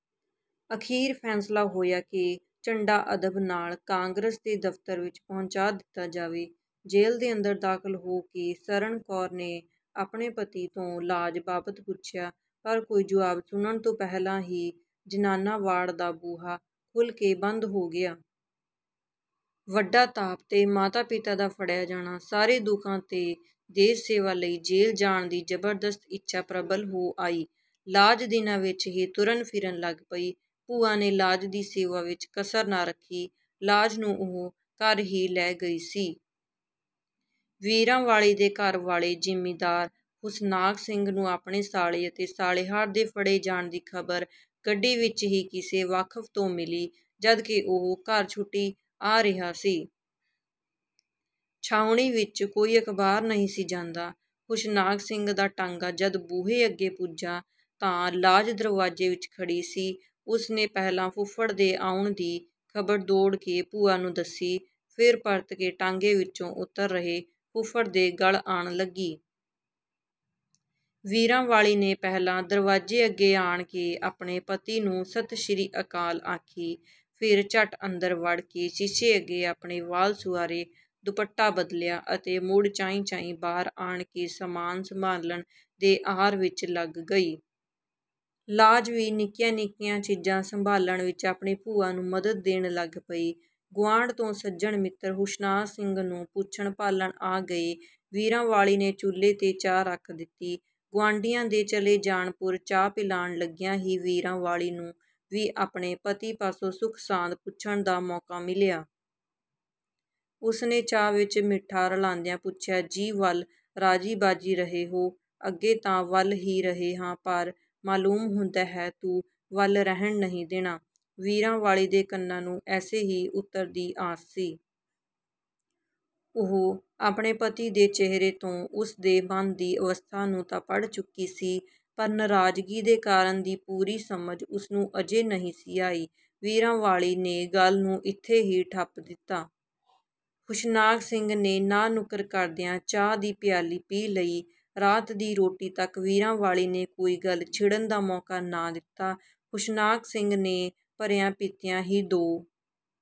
ਅਖ਼ੀਰ ਫ਼ੈਸਲਾ ਹੋਇਆ ਕਿ ਝੰਡਾ ਅਦਬ ਨਾਲ ਕਾਂਗਰਸ ਦੇ ਦਫ਼ਤਰ ਵਿੱਚ ਪਹੁੰਚਾ ਦਿੱਤਾ ਜਾਵੇ। ਜੇਲ ਦੇ ਅੰਦਰ ਦਾਖ਼ਲ ਹੋ ਕੇ ਸਰਨ ਕੌਰ ਨੇ ਆਪਣੇ ਪਤੀ ਤੋਂ ਲਾਜ ਬਾਬਤ ਪੁਛਿਆ, ਪਰ ਕੋਈ ਜੁਆਬ ਸੁਣਨ ਤੋਂ ਪਹਿਲਾਂ ਹੀ ਜ਼ਨਾਨਾ ਵਾਰਡ ਦਾ ਬੂਹਾ ਖੁਲ੍ਹ ਕੇ ਬੰਦ ਹੋ ਗਿਆ। ਵੱਡਾ ਤਾਪ ਤੇ ਮਾਤਾ-ਪਿਤਾ ਦਾ ਫੜਿਆ ਜਾਣਾ, ਸਾਰੇ ਦੁਖਾਂ ਤੇ ਦੇਸ਼-ਸੇਵਾ ਲਈ ਜੇਲ ਜਾਣ ਦੀ ਜ਼ਬਰਦਸਤ ਇੱਛਾ ਪ੍ਰਬਲ ਹੋ ਆਈ। ਲਾਜ ਦਿਨਾਂ ਵਿੱਚ ਹੀ ਤੁਰਨ ਫਿਰਨ ਲਗ ਪਈ। ਭੂਆ ਨੇ ਲਾਜ ਦੀ ਸੇਵਾ ਵਿੱਚ ਕਸਰ ਨਾ ਰੱਖੀ, ਲਾਜ ਨੂੰ ਉਹ ਘਰ ਹੀ ਲੈ ਗਈ ਸੀ। ਵੀਰਾਂ ਵਾਲੀ ਦੇ ਘਰ ਵਾਲੇ ਜ਼ਿਮੀਦਾਰ ਹੁਸ਼ਨਾਕ ਸਿੰਘ ਨੂੰ ਆਪਣੇ ਸਾਲੇ ਅਤੇ ਸਾਲੇਹਾਰ ਦੇ ਫੜੇ ਜਾਣ ਦੀ ਖ਼ਬਰ ਗੱਡੀ ਵਿੱਚ ਹੀ ਕਿਸੇ ਵਾਕਫ਼ ਤੋਂ ਮਿਲੀ, ਜਦ ਕਿ ਉਹ ਘਰ ਛੁੱਟੀ ਆ ਰਿਹਾ ਸੀ। ਛਾਉਣੀ ਵਿੱਚ ਕੋਈ ਅਖ਼ਬਾਰ ਨਹੀਂ ਸੀ ਜਾਂਦਾ। ਹੁਸ਼ਨਾਕ ਸਿੰਘ ਦਾ ਟਾਂਗਾ ਜਦ ਬੂਹੇ ਅੱਗੇ ਪੁੱਜਾ ਤਾਂ ਲਾਜ ਦਰਵਾਜ਼ੇ ਵਿੱਚ ਖੜ੍ਹੀ ਸੀ। ਉਸ ਨੇ ਪਹਿਲਾਂ ਫੁੱਫੜ ਦੇ ਆਉਣ ਦੀ ਖ਼ਬਰ ਦੌੜ ਕੇ ਭੂਆ ਨੂੰ ਦੱਸੀ, ਫਿਰ ਪਰਤ ਕੇ ਟਾਂਗੇ ਵਿਚੋਂ ਉਤਰ ਰਹੇ ਫੁੱਫੜ ਦੇ ਗਲ ਆਣ ਲੱਗੀ। ਵੀਰਾਂ ਵਾਲੀ ਨੇ ਪਹਿਲਾਂ ਦਰਵਾਜ਼ੇ ਅਗੇ ਆਣ ਕੇ ਆਪਣੇ ਪਤੀ ਨੂੰ ਸਤਿ ਸ੍ਰੀ ਅਕਾਲ ਆਖੀ, ਫਿਰ ਝਟ ਅੰਦਰ ਵੜ ਕੇ ਸ਼ੀਸ਼ੇ ਅੱਗੇ ਆਪਣੇ ਵਾਲ ਸੁਆਰੇ, ਦੁਪੱਟਾ ਬਦਲਿਆ ਅਤੇ ਮੁੜ ਚਾਈਂ-ਚਾਈਂ ਬਾਹਰ ਆਣ ਕੇ ਸਾਮਾਨ ਸੰਭਾਲਣ ਦੇ ਆਰ ਵਿੱਚ ਲਗ ਗਈ। ਲਾਜ ਵੀ ਨਿੱਕੀਆਂ-ਨਿੱਕੀਆਂ ਚੀਜ਼ਾਂ ਸੰਭਾਲਣ ਵਿੱਚ ਆਪਣੀ ਭੂਆ ਨੂੰ ਮਦਦ ਦੇਣ ਲੱਗ ਪਈ। ਗੁਆਂਢ ਤੋਂ ਸੱਜਣ ਮਿੱਤਰ ਹੁਸ਼ਨਾਕ ਸਿੰਘ ਨੂੰ ਪੁੱਛਣ ਭਾਲਣ ਆ ਗਏ। ਵੀਰਾਂ ਵਾਲੀ ਨੇ ਚੁੱਲ੍ਹੇ ਤੇ ਚਾਹ ਰਖ ਦਿੱਤੀ। ਗੁਆਂਢੀਆਂ ਦੇ ਚਲੇ ਜਾਣ ਪੁਰ ਚਾਹ ਪਿਲਾਣ ਲਗਿਆਂ ਹੀ ਵੀਰਾਂ ਵਾਲੀ ਨੂੰ ਵੀ ਆਪਣੇ ਪਤੀ ਪਾਸੋਂ ਸੁੱਖ-ਸਾਂਦ ਪੁੱਛਣ ਦਾ ਮੌਕਾ ਮਿਲਿਆ। ਉਸ ਨੇ ਚਾਹ ਵਿੱਚ ਮਿਠਾ ਰਲਾਂਦਿਆਂ ਪੁਛਿਆ: ਜੀ ਵਲ ਰਾਜ਼ੀ ਬਾਜ਼ੀ ਰਹੇ ਹੋ? "ਅੱਗੇ ਤਾਂ ਵੱਲ ਹੀ ਰਹੇ ਹਾਂ ਪਰ ਮਾਲੂਮ ਹੁੰਦਾ ਹੈ ਤੂੰ ਵੱਲ ਰਹਿਣ ਨਹੀਂ ਦੇਣਾ"। ਵੀਰਾਂ ਵਾਲੀ ਦੇ ਕੰਨਾਂ ਨੂੰ ਐਸੇ ਹੀ ਉਤਰ ਦੀ ਆਸ ਸੀ। ਉਹ ਆਪਣੇ ਪਤੀ ਦੇ ਚਿਹਰੇ ਤੋਂ ਉਸ ਦੇ ਮਨ ਦੀ ਅਵਸਥਾ ਨੂੰ ਤਾਂ ਪੜ੍ਹ ਚੁਕੀ ਸੀ, ਪਰ ਨਰਾਜ਼ਗੀ ਦੇ ਕਾਰਨ ਦੀ ਪੂਰੀ ਸਮਝ ਉਸ ਨੂੰ ਅਜੇ ਨਹੀਂ ਸੀ ਆਈ। ਵੀਰਾਂ ਵਾਲੀ ਨੇ ਗੱਲ ਨੂੰ ਇੱਥੇ ਹੀ ਠੱਪ ਦਿੱਤਾ। ਹੁਸ਼ਨਾਕ ਸਿੰਘ ਨੇ ਨਾਂਹ-ਨੁਕਰ ਕਰਦਿਆਂ ਚਾਹ ਦੀ ਪਿਆਲੀ ਪੀ ਲਈ। ਰਾਤ ਦੀ ਰੋਟੀ ਤੱਕ ਵੀਰਾਂ ਵਾਲੀ ਨੇ ਕੋਈ ਗੱਲ ਛਿੜਨ ਦਾ ਮੌਕਾ ਨਾ ਦਿੱਤਾ। ਹੁਸ਼ਨਾਕ ਸਿੰਘ ਨੇ ਭਰਿਆਂ ਪੀਤਿਆਂ ਹੀ ਦੋ